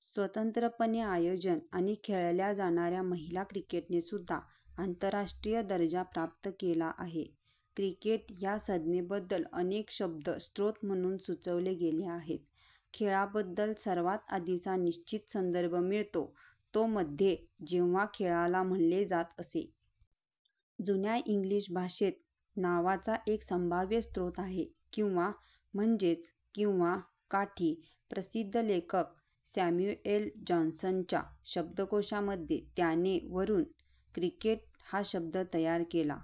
स्वतंत्रपणे आयोजन आणि खेळल्या जाणाऱ्या, महिला क्रिकेटनेसुद्धा आंतरराष्ट्रीय दर्जा प्राप्त केला आहे. "क्रिकेट" ह्या संज्ञेबद्दल अनेक शब्द स्रोत म्हणून सुचवले गेले आहेत. खेळाबद्दल सर्वात आधीचा निश्चित संदर्भ मिळतो तो मध्ये, जेव्हा खेळाला म्हणले जात असे. जुन्या इंग्लिश भाषेत नावाचा एक संभाव्य स्रोत आहे, किंवा म्हणजेच किंवा काठी. प्रसिद्ध लेखक सॅम्युएल जॉन्सनच्या शब्दकोशा मध्ये, त्याने "," वरून क्रिकेट हा शब्द तयार केला.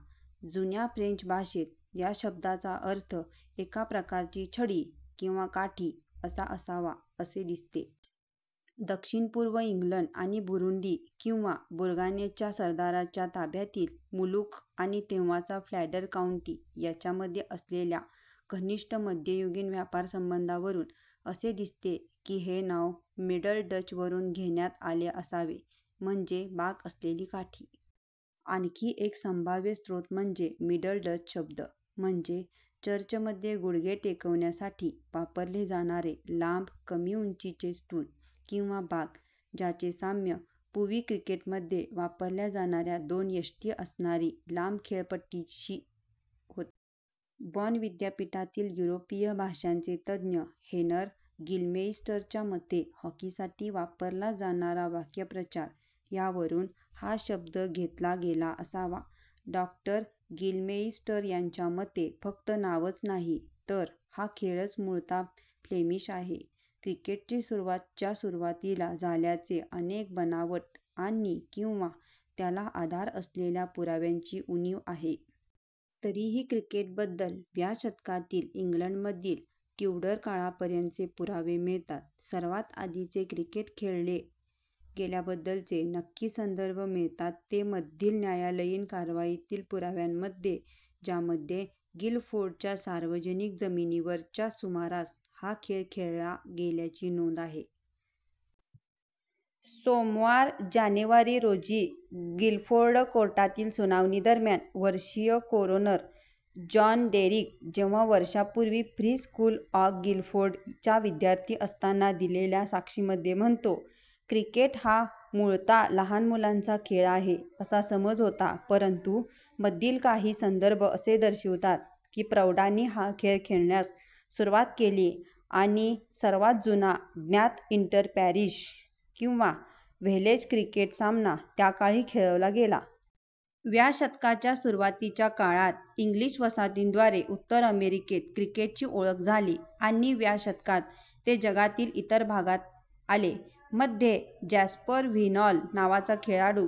जून्या फ्रेंच भाषेत, ह्या शब्दाचा अर्थ एका प्रकारची छडी किंवा काठी असा असावा असे दिसते. दक्षिण-पुर्व इंग्लंड आणि बुरुंडी किंवा बूर्गान्यच्या सरदाराच्या ताब्यातील मुलूख आणि तेव्हाचा फ्लॅंडर काऊंटी यांच्यामध्ये असलेल्या घनिष्ट मध्ययुगीन व्यापारासंबंधावरून, असे दिसते की हे नाव मिडल डच वरून घेण्यात आले असावे, म्हणजे बाक असलेली काठी. आणखी एक संभाव्य स्रोत म्हणजे मिडल डच शब्द, म्हणजे चर्चमध्ये गुडघे टेकवण्यासाठी वापरले जाणारे लांब कमी उंचीचे स्टूल किंवा बाक, ज्याचे साम्य पूवी क्रिकेटमध्ये वापरल्या जाणाऱ्या दोन यष्टी असणारी लांब खेळपट्टीशी होते. बॉन विद्यापीठातील युरोपीय भाषांचे तज्ज्ञ हेनर गिलमेइस्टरच्या मते, हॉकीसाठी वापरला जाणारा वाक्प्रचार ह्यावरून "" हा शब्द घेतला गेला असावा. डॉ गिलमेइस्टर यांच्या मते फक्त नावच नाही तर हा खेळच मूळतः फ्लेमिश आहे. क्रिकेटची सुरुवात च्या सुरुवातीला झाल्याचे अनेक बनावट आणि/किंवा त्याला आधार असलेल्या पुराव्यांची उणीव आहे. तरीही क्रिकेटबद्दल व्या शतकातील, इंग्लंडमधील ट्युडर काळापर्यंतचे पुरावे मिळतात. सर्वात आधीचे क्रिकेट खेळले गेल्याबद्दलचे नक्की संदर्भ मिळतात ते, मधील न्यायालयीन कारवाईतील पुराव्यांमध्ये, ज्यामध्ये गिल फोर्डच्या सार्वजनिक जमिनीवर च्या सुमारास चा खेळ खेळला गेल्याची नोंद आहे. सोमवार, जानेवारी रोजी गिलफोर्ड कोर्टातील सुनावणी दरम्यान, वर्षीय कोरोनर, जॉन डेरिक जेव्हा वर्षांपूर्वी फ्री स्कूल ऑग गिलफोर्ड चा विद्यार्थी असताना दिलेल्या साक्षीमध्ये म्हणतो, "." क्रिकेट हा मूलतः लहान मुलांचा खेळ आहे असा समज होता, परंतु मधील काही संदर्भ असे दर्शवतात की प्रौढांनी हा खेळ खेळण्यास सुरुवात केली आणि सर्वात जुना ज्ञात इंटर-पॅरिश किंवा व्हिलेज क्रिकेट सामना त्याकाळी खेळवला गेला. व्या शतकाच्या सुरुवातीच्या काळात इंग्लिश वसाहतींद्वारे उत्तर अमेरिकेत क्रिकेटची ओळख झाली आणि व्या शतकात ते जगातील इतर भागात आले. मध्ये, जॅस्पर व्हिनॉल नावाचा खेळाडू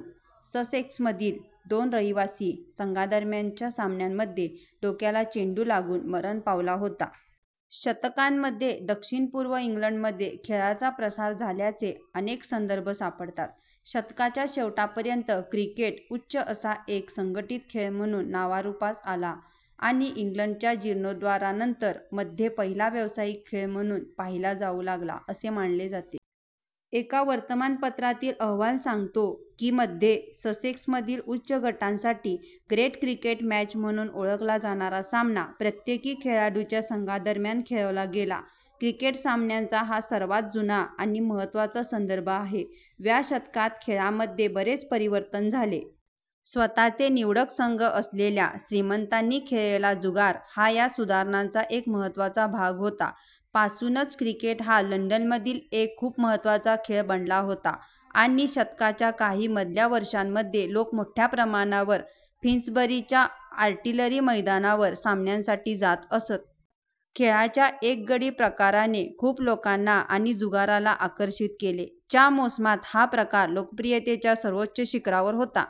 ससेक्समधील दोन रहिवासी संघांदरम्यानच्या सामन्यामध्ये डोक्याला चेंडू लागून मरण पावला होता. शतकामध्ये, दक्षिण-पूर्व इंग्लंडमध्ये खेळाचा प्रसार झाल्याचे अनेक संदर्भ सापडतात. शतकाच्या शेवटापर्यंत, क्रिकेट उच्च असा एक संघटित खेळ म्हणून नावारूपास आला आणि इंग्लंडच्या जीर्णोद्धारानंतर मध्ये पहिला व्यावसायिक खेळ म्हणून पाहिला जाऊ लागला असे मानले जाते. एका वर्तमानपत्रातील अहवाल सांगतो की, मध्ये ससेक्समध्ये उच्च गटासाठी "ग्रेट क्रिकेट मॅच" म्हणून ओळखला जाणारा सामना प्रत्येकी खेळाडूंच्या संघांदरम्यान खेळवला गेला. क्रिकेट सामन्याचा हा सर्वात जुना आणि महत्त्वाचा संदर्भ आहे. व्या शतकात खेळामध्ये बरेच परिवर्तन झाले. स्वतःचे "निवडक " संघ असलेल्या श्रीमंतांनी खेळलेला जुगार हा ह्या सुधारणांचा एक महत्त्वाचा भाग होता. पासूनच क्रिकेट हा लंडनमधील एक खूप महत्त्वाचा खेळ बनला होता आणि शतकाच्या काही मधल्या वर्षांमध्ये लोक मोठ्या प्रमाणावर फिन्सबरीच्या आर्टिलरी मैदानावर सामन्यांसाठी जात असत. खेळाच्या एक गडी प्रकाराने खूप लोकांना आणि जुगाराला आकर्षित केले, च्या मोसमात हा प्रकार लोकप्रियतेच्या सर्वोच्च शिखरावर होता.